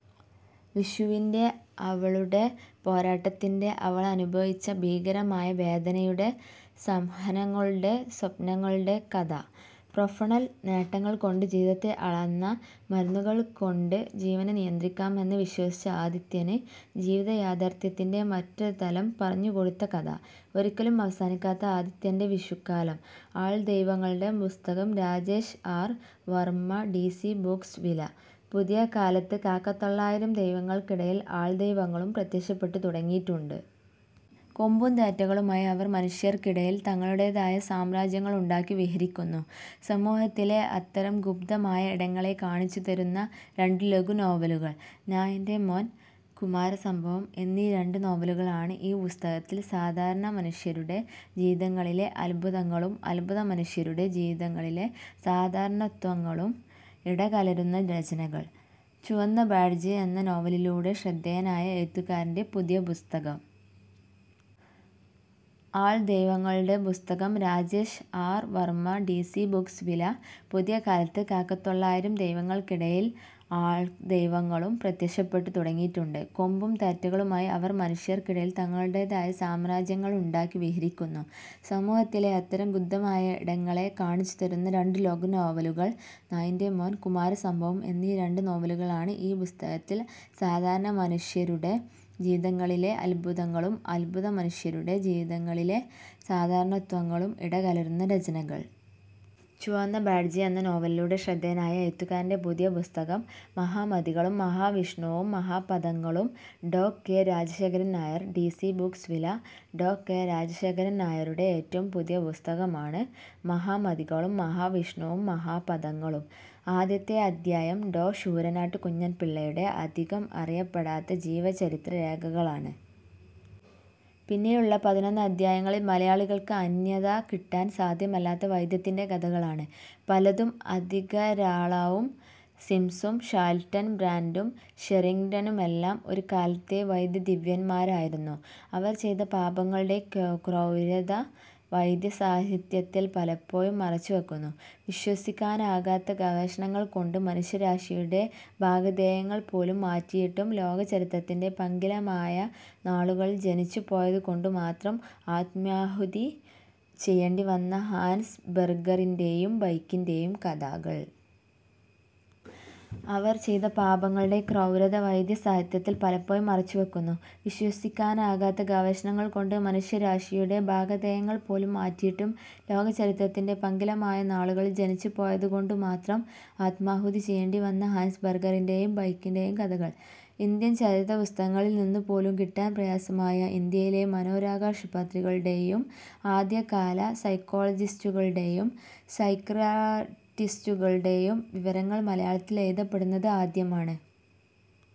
വിഷുവിന്റെ... അവളുടെ പോരാട്ടത്തിന്റെ... അവളനുഭവിച്ച ഭീകരമായ വേദനയുടെ... സഹനങ്ങളുടെ... സ്വപ്നങ്ങളുടെ കഥ. പ്രൊഫണൽ നേട്ടങ്ങൾകൊണ്ട് ജീവിതത്തെ അളന്ന, മരുന്നുകൾകൊണ്ട് ജീവനെ നിയന്ത്രിക്കാമെന്ന് വിശ്വസിച്ച ആദിത്യന് ജീവിതയാഥാർഥ്യത്തിന്റെ മറ്റൊരുതലം പറഞ്ഞുകൊടുത്ത കഥ. ഒരിക്കലും അവസാനിക്കാത്ത ആദിത്യന്റെ 'വിഷു'ക്കാലം. ആൾ ദൈവങ്ങളുടെ പുസ്തകം Rajesh R. Varma D C books വില: പുതിയ കാലത്ത് കാക്കത്തൊള്ളായിരം ദൈവങ്ങൾക്കിടയിൽ ആൾദൈവങ്ങളും പ്രത്യക്ഷപ്പെട്ടു തുടങ്ങിയിട്ടുണ്ട്. കൊമ്പും തേറ്റകളുമായി അവർ മനുഷ്യർക്കിടയിൽ തങ്ങളുടേതായ സാമ്രാജ്യങ്ങളുണ്ടാക്കി വിഹരിക്കുന്നു. സമൂഹത്തിലെ അത്തരം ഗുപ്തമായ ഇടങ്ങളെ കാണിച്ചുതരുന്ന രണ്ടു ലഘുനോവലുകൾ. നായിന്റെ മോൻ, കുമാരസംഭവം എന്നീ രണ്ടു നോവലുകളാണ് ഈ പുസ്തകത്തിൽ സാധാരണ മനുഷ്യരുടെ ജീവിതങ്ങളിലെ അദ്ഭുതങ്ങളും അദ്ഭുതമനുഷ്യരുടെ ജീവിതങ്ങളിലെ സാധാരണത്വങ്ങളും ഇടകലരുന്ന രചനകൾ. ചുവന്ന ബാഡ്ജ് എന്ന നോവലിലൂടെ ശ്രദ്ധേയനായ എഴുത്തുകാരന്റെ പുതിയ പുസ്തകം. ആൾ ദൈവങ്ങളുടെ പുസ്തകം Rajesh R. Varma D C books വില: പുതിയ കാലത്ത് കാക്കത്തൊള്ളായിരം ദൈവങ്ങൾക്കിടയിൽ ആൾദൈവങ്ങളും പ്രത്യക്ഷപ്പെട്ടു തുടങ്ങിയിട്ടുണ്ട്. കൊമ്പും തേറ്റകളുമായി അവർ മനുഷ്യർക്കിടയിൽ തങ്ങളുടേതായ സാമ്രാജ്യങ്ങളുണ്ടാക്കി വിഹരിക്കുന്നു. സമൂഹത്തിലെ അത്തരം ഗുപ്തമായ ഇടങ്ങളെ കാണിച്ചുതരുന്ന രണ്ടു ലഘുനോവലുകൾ. നായിന്റെ മോൻ, കുമാരസംഭവം എന്നീ രണ്ടു നോവലുകളാണ് ഈ പുസ്തകത്തിൽ സാധാരണ മനുഷ്യരുടെ ജീവിതങ്ങളിലെ അദ്ഭുതങ്ങളും അദ്ഭുതമനുഷ്യരുടെ ജീവിതങ്ങളിലെ സാധാരണത്വങ്ങളും ഇടകലരുന്ന രചനകൾ. ചുവന്ന ബാഡ്ജ് എന്ന നോവലിലൂടെ ശ്രദ്ധേയനായ എഴുത്തുകാരന്റെ പുതിയ പുസ്തകം. മഹാമതികളും മഹാവിഷ്ണുവും മഹാപഥങ്ങളും ഡോ. K. Rajasekharan Nair D C books വില: ഡോ. കെ. രാജശേഖരൻ നായരുടെ ഏറ്റവും പുതിയ പുസ്തകമാണ് 'മഹാമതികളും മഹാവിഷ്ണുവും മഹാപഥങ്ങളും'. ആദ്യത്തെ അധ്യായം ഡോ. ശൂരനാട്ടു കുഞ്ഞൻപിള്ളയുടെ അധികം അറിയപ്പെടാത്ത ജീവചരിത്രരേഖകളാണ്. പിന്നെയുള്ള പതിനൊന്ന് അധ്യായങ്ങളിൽ മലയാളികൾക്ക് അന്യഥാ കിട്ടാൻ സാധ്യമല്ലാത്ത വൈദ്യത്തിന്റെ കഥകളാണ്. പലതും അതികരാളവും. സിംസും ഷാൽട്ടൻബ്രാൻഡും ഷെറിങ്ടണുമെല്ലാം ഒരുകാലത്തെ വൈദ്യദിവ്യന്മാരായിരുന്നു. അവർ ചെയ്ത പാപങ്ങളുടെ ക്രൗര്യത വൈദ്യസാഹിത്യത്തിൽ പലപ്പോഴും മറച്ചുവെക്കുന്നു. വിശ്വസിക്കാനാകാത്ത ഗവേഷണങ്ങൾകൊണ്ട് മനുഷ്യരാശിയുടെ ഭാഗധേയങ്ങൾപോലും മാറ്റിയിട്ടും ലോകചരിത്രത്തിന്റെ പങ്കിലമായ നാളുകളിൽ ജനിച്ചുപോയതുകൊണ്ടുമാത്രം ആത്മാഹുതി ചെയ്യേണ്ടിവന്ന ഹാൻസ് ബെർഗറിന്റെയും ബെക്കിന്റെയും കഥകൾ. അവർ ചെയ്ത പാപങ്ങളുടെ ക്രൗര്യത വൈദ്യസാഹിത്യത്തിൽ പലപ്പോഴും മറച്ചുവെക്കുന്നു. വിശ്വസിക്കാനാകാത്ത ഗവേഷണങ്ങൾകൊണ്ട് മനുഷ്യരാശിയുടെ ഭാഗധേയങ്ങൾപോലും മാറ്റിയിട്ടും ലോകചരിത്രത്തിന്റെ പങ്കിലമായ നാളുകളിൽ ജനിച്ചുപോയതുകൊണ്ടുമാത്രം ആത്മാഹുതി ചെയ്യേണ്ടിവന്ന ഹാൻസ് ബെർഗറിന്റെയും ബെക്കിന്റെയും കഥകൾ. ഇന്ത്യൻ ചരിത്രപുസ്തകങ്ങളിൽ നിന്നു പോലും കിട്ടാൻ പ്രയാസമായ ഇന്ത്യയിലെ മനോരോഗാശുപത്രികളുടെയും ആദ്യകാല സൈക്കോളജിസ്റ്റുകളുടെയും സൈക്യാട്രിസ്റ്റുകളുടെയും വിവരങ്ങൾ മലയാളത്തിൽ എഴുതപ്പെടുന്നത് ആദ്യമാണ്.